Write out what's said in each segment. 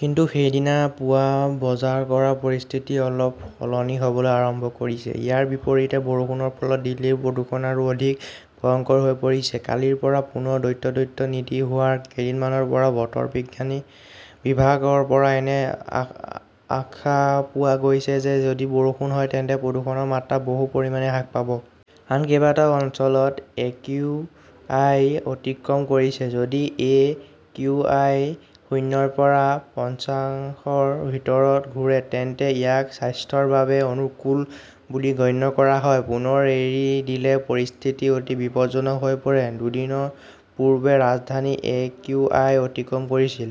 কিন্তু সেইদিনা পুৱা বজাৰ পৰা পৰিস্থিতি অলপ সলনি হ'বলৈ আৰাম্ভ কৰিছে। ইয়াৰ বিপৰীতে বৰষুণৰ ফলত দিল্লীৰ প্ৰদূষণ আৰু অধিক ভয়ংকৰ হৈ পৰিছে, কালিৰ পৰা পুনৰ দ্বৈত-দ্বৈত নীতি হোৱা কেইদিনমানৰ পৰা বতৰ বিজ্ঞানী বিভাগৰ পৰা এনে আ আখা পোৱা গৈছে যে যদি বৰষুণ হয় তেন্তে প্ৰদূষণৰ মাত্ৰা বহু পৰিমাণে হ্ৰাস পাব। আন কেইবাটাও অঞ্চলত একিউআই অতিক্ৰম কৰিছে। যদি এ কিউ আই শূণ্যৰ পৰা পঞ্চাশৰ ভিতৰত ঘূৰে তেন্তে ইয়াক স্বাস্থ্যৰ বাবে অনুকূল বুলি গণ্য কৰা হয়। পুনৰ এৰি দিলে পৰিস্থিতি অতি বিপদজনক হৈ পৰে। দুদিন পূৰ্বে ৰাজধানীৰ এ কিউ আই অতিক্ৰম কৰিছিল।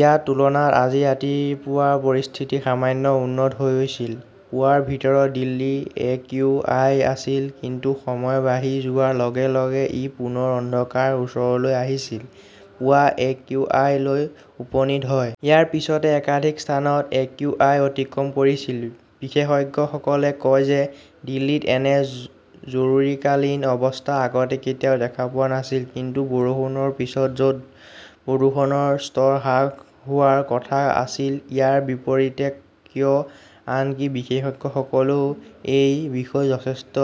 ইয়াৰ তুলনাত আজি ৰাতিপুৱা পৰিস্থিতি সামান্য উন্নত হৈছিল। পুৱাৰ ভিতৰত দিল্লীৰ এ কিউ আই আছিল। কিন্তু সময় বাঢ়ি যোৱাৰ লগে লগে ই পুনৰ অন্ধকাৰ ওচৰলৈ আহিছিল। পুৱা এ কিউ আই লৈ উপনীত হয়। ইয়াৰ পিছতে একাধিক স্থানত একিউআই অতিক্ৰম কৰিছিল। বিশেষজ্ঞসকলে কয় যে দিল্লীত এনে 'জৰুৰীকালীন অৱস্থা "আগতে কেতিয়াও দেখা পোৱা নাছিল। কিন্তু বৰষুণৰ পিছত, য'ত প্ৰদূষণৰ স্তৰ হ্ৰাস হোৱাৰ কথা আছিল, ইয়াৰ বিপৰীতে কিয়? আনকি বিশেষজ্ঞসকলেও এই বিষয়ে যথেষ্ট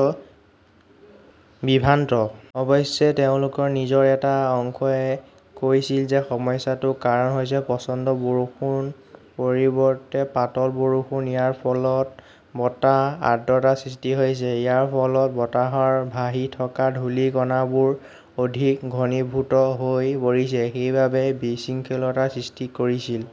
বিভ্ৰান্ত। অৱশ্যে, তেওঁলোকৰ নিজৰ এটা অংশই কৈছিল যে সমস্যাটোৰ কাৰণ হৈছে প্ৰচণ্ড বৰষুণ পৰিৱৰ্তে পাতল বৰষুণ। ইয়াৰ ফলত বতাহ আৰ্দ্ৰতা সৃষ্টি হৈছে। ইয়াৰ ফলত বতাহৰ ভাহি থকা ধূলি কণাবোৰ অধিক ঘনীভূত হৈ পৰিছে। সেইবাবেই বিশৃংখলতাৰ সৃষ্টি কৰিছিল।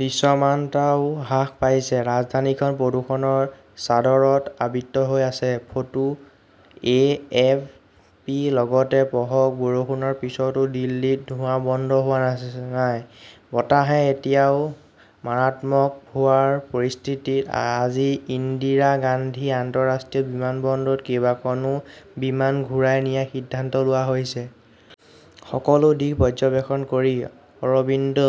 দৃশ্যমানতাও হ্ৰাস পাইছে। ৰাজধানীখন প্ৰদূষণৰ চাদৰত আবৃত হৈ আছে। Photo A. এফ. পি. লগতে পঢ়ক বৰষুণৰ পিছতো দিল্লীত ধোঁৱা বন্ধ হোৱা নাছ নাই, বতাহে এতিয়াও মাৰাত্মক হোৱাৰ পৰিস্থিতিত আজি ইন্দিৰা গান্ধী আন্তঃৰাষ্ট্ৰীয় বিমানবন্দৰত কেইবাখনো বিমান ঘূৰাই নিয়াৰ সিদ্ধান্ত লোৱা হৈছে। সকলো দিশ পৰ্যবেক্ষণ কৰি অৰবিন্দ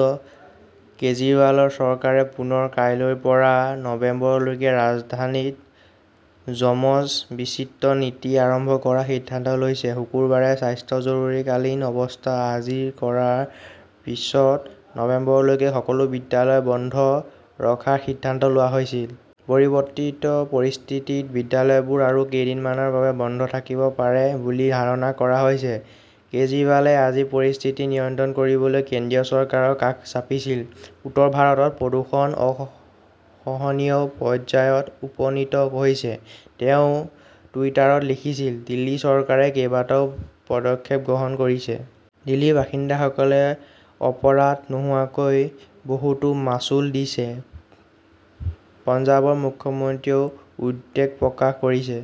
কেজিৰৱালৰ চৰকাৰে পুনৰ কাইলৈৰ পৰা নৱেম্বৰলৈকে ৰাজধানীত যমজ-বিচিত্ৰ নীতি আৰাম্ভ কৰাৰ সিদ্ধান্ত লৈছে। শুকুৰবাৰে স্বাস্থ্য জৰুৰীকালীন অৱস্থা আজিৰ কৰাৰ পিছত নৱেম্বৰলৈকে সকলো বিদ্যালয় বন্ধ ৰখাৰ সিদ্ধান্ত লোৱা হৈছিল। পৰিৱৰ্তিত পৰিস্থিতিত বিদ্যালয়বোৰ আৰু কেইদিনমানৰ বাবে বন্ধ থাকিব পাৰে বুলি হাৰণা কৰা হৈছে। কেজিৰৱালে আজি পৰিস্থিতি নিয়ন্ত্ৰণ কৰিবলৈ কেন্দ্ৰীয় চৰকাৰৰ কাষ চাপিছিল। "উত্তৰ ভাৰতত প্ৰদূষণ অসহনীয় পৰ্যায়ত উপনীত হৈছে", তেওঁ টুইটাৰত লিখিছিল। দিল্লী চৰকাৰে কেইবাটাও পদক্ষেপ গ্ৰহণ কৰিছে। দিল্লীৰ বাসিন্দাসকলে অপৰাধ নোহোৱাকৈ বহুতো মাচুল দিছে। পঞ্জাৱৰ মুখ্যমন্ত্ৰীয়েও উদ্বেগ প্ৰকাশ কৰিছে।